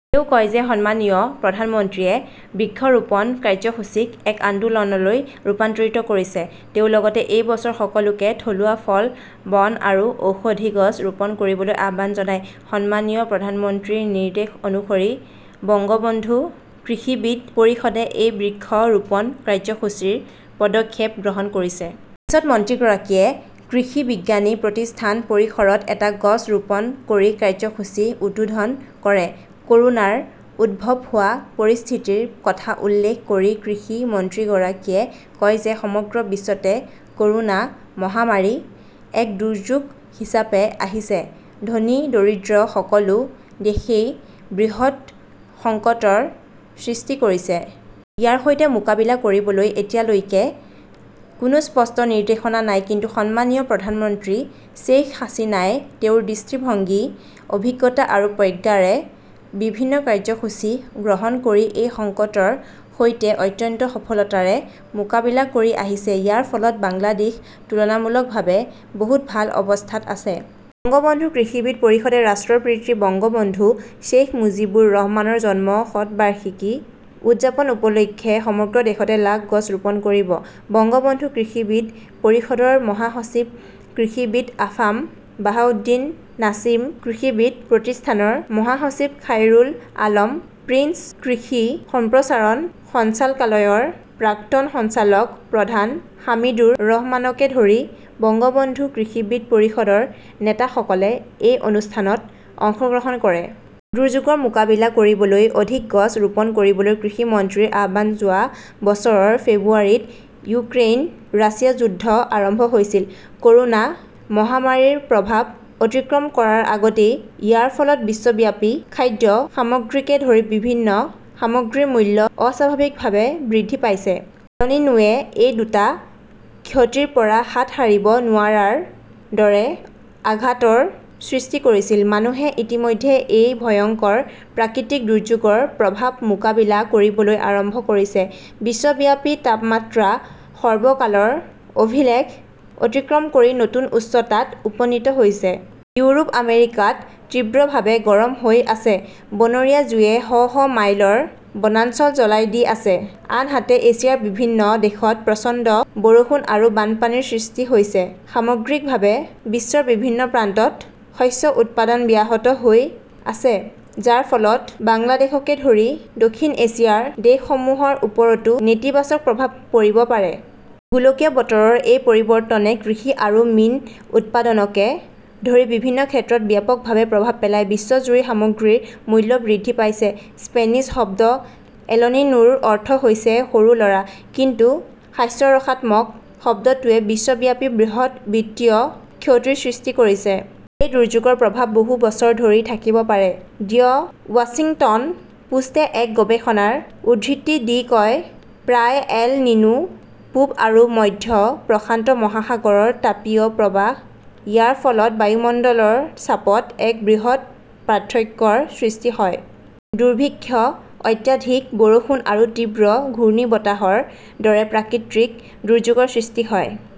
তেওঁ কয় যে সন্মানীয় প্ৰধানমন্ত্ৰীয়ে বৃক্ষৰোপণ কাৰ্যসূচীক এক আন্দোলনলৈ ৰূপান্তৰিত কৰিছে। তেওঁ লগতে এই বছৰ সকলোকে থলুৱা ফল, বন আৰু ঔষধি গছ ৰোপণ কৰিবলৈ আহ্বান জনায়। সন্মানীয় প্ৰধানমন্ত্ৰীৰ নিৰ্দেশ অনুসৰি বঙ্গবন্ধু কৃষিবিদ পৰিষদে এই বৃক্ষ ৰোপণ কাৰ্যসূচীৰ পদক্ষেপ গ্ৰহণ কৰিছে। পিছত মন্ত্ৰীগৰাকীয়ে কৃষি বিজ্ঞানী প্ৰতিষ্ঠান পৰিসৰত এটা গছ ৰোপণ কৰি কাৰ্যসূচী উদ্বোধন কৰে। ক'ৰোনাৰ উদ্ভৱ হোৱা পৰিস্থিতিৰ কথা উল্লেখ কৰি কৃষি মন্ত্ৰীগৰাকীয়ে কয় যে সমগ্ৰ বিশ্বতে ক'ৰোনা মহামাৰী এক দুৰ্যোগ হিচাপে আহিছে। ধনী-দৰিদ্ৰ সকলো দেশেই বৃহৎ সংকটৰ সৃষ্টি কৰিছে। ইয়াৰ সৈতে মোকাবিলা কৰিবলৈ এতিয়ালৈকে কোনো স্পষ্ট নিৰ্দেশনা নাই। কিন্তু সন্মানীয় প্ৰধানমন্ত্ৰী শ্বেইখ হাছিনাই তেওঁৰ দৃষ্টিভংগী, অভিজ্ঞতা আৰু প্ৰজ্ঞাৰে বিভিন্ন কাৰ্যসূচী গ্ৰহণ কৰি এই সংকটৰ সৈতে অত্যন্ত সফলতাৰে মোকাবিলা কৰি আহিছে। ইয়াৰ ফলত বাংলাদেশ তুলনামূলকভাৱে বহুত ভাল অৱস্থাত আছে। বঙ্গবন্ধু কৃষিবিদ পৰিষদে ৰাষ্ট্ৰৰ পিতৃ বঙ্গবন্ধু শ্বেইখ মুজীবুৰ ৰহমানৰ জন্ম শতবাৰ্ষিকী উদযাপন উপলক্ষে সমগ্ৰ দেশতে লাখ গছ ৰোপণ কৰিব। বংগবন্ধু কৃষিবিদ পৰিষদৰ মহাসচিব কৃষিবিদ আফাম বাহাউদ্দিন নাছিম, কৃষিবিদ প্ৰতিষ্ঠানৰ মহাসচিব খাইৰুল আলম প্ৰিন্স, কৃষি সম্প্ৰসাৰণ সঞ্চালকালয়ৰ প্ৰাক্তন সঞ্চালক প্ৰধান হামিদুৰ ৰহমানকে ধৰি বংগবন্ধু কৃষিবিদ পৰিষদৰ নেতাসকলে এই অনুষ্ঠানত অংশগ্ৰহণ কৰে। দুৰ্যোগৰ মোকাবিলা কৰিবলৈ অধিক গছ ৰোপণ কৰিবলৈ কৃষি মন্ত্ৰীৰ আহ্বান যোৱা বছৰৰ ফেব্ৰুৱাৰীত ইউক্ৰেইন-ৰাছিয়া যুদ্ধ আৰম্ভ হৈছিল, ক'ৰোনা মহামাৰীৰ প্ৰভাৱ অতিক্ৰম কৰাৰ আগতেই। ইয়াৰ ফলত বিশ্বব্যাপী খাদ্য সামগ্ৰীকে ধৰি বিভিন্ন সামগ্ৰীৰ মূল্য অস্বাভাৱিকভাৱে বৃদ্ধি পাইছে। এলনিনোৱে এই দুটা ক্ষতিৰ পৰা হাত সাৰিব নোৱাৰাৰ দৰে আঘাতৰ সৃষ্টি কৰিছিল। মানুহে ইতিমধ্যে এই ভয়ংকৰ প্ৰাকৃতিক দুৰ্যোগৰ প্ৰভাৱ মোকাবিলা কৰিবলৈ আৰম্ভ কৰিছে। বিশ্বব্যাপী তাপমাত্ৰা সৰ্বকালৰ অভিলেখ অতিক্ৰম কৰি নতুন উচ্চতাত উপনীত হৈছে। ইউৰোপ-আমেৰিকাত তীব্ৰভাৱে গৰম হৈ আছে। বনৰীয়া জুইয়ে শ শ মাইলৰ বনাঞ্চল জ্বলাই দি আছে। আনহাতে, এছিয়াৰ বিভিন্ন দেশত প্ৰচণ্ড বৰষুণ আৰু বানপানীৰ সৃষ্টি হৈছে। সামগ্ৰিকভাৱে, বিশ্বৰ বিভিন্ন প্ৰান্তত শস্য উৎপাদন ব্যাহত হৈ আছে, যাৰ ফলত বাংলাদেশকে ধৰি দক্ষিণ এছিয়াৰ দেশসমূহৰ ওপৰতো নেতিবাচক প্ৰভাৱ পৰিব পাৰে। গোলকীয় বতৰৰ এই পৰিৱৰ্তনে কৃষি আৰু মীন উৎপাদনকে ধৰি বিভিন্ন ক্ষেত্ৰত ব্যাপকভাৱে প্ৰভাৱ পেলায়। বিশ্বজুৰি সামগ্ৰীৰ মূল্য বৃদ্ধি পাইছে। স্পেনিছ শব্দ এলনিনো'ৰ অৰ্থ হৈছে সৰু ল'ৰা । কিন্তু হাস্যৰসাত্মক শব্দটোৱে বিশ্বব্যাপী বৃহৎ বিত্তীয় ক্ষতিৰ সৃষ্টি কৰিছে। এই দুৰ্যোগৰ প্ৰভাৱ বহু বছৰ ধৰি থাকিব পাৰে দ্য ৱাশ্বিংটন পোষ্টে এক গৱেষণাৰ উদ্ধৃতি দি কয়। প্ৰায় এল নিনো পূব আৰু মধ্য প্ৰশান্ত মহাসাগৰৰ তাপীয় প্ৰৱাহ। ইয়াৰ ফলত বায়ুমণ্ডলৰ চাপত এক বৃহৎ পাৰ্থক্যৰ সৃষ্টি হয়। দুৰ্ভিক্ষ, অত্যাধিক বৰষুণ আৰু তীব্ৰ ঘূৰ্ণীবতাহৰ দৰে প্ৰাকৃতিক দুৰ্যোগৰ সৃষ্টি হয়।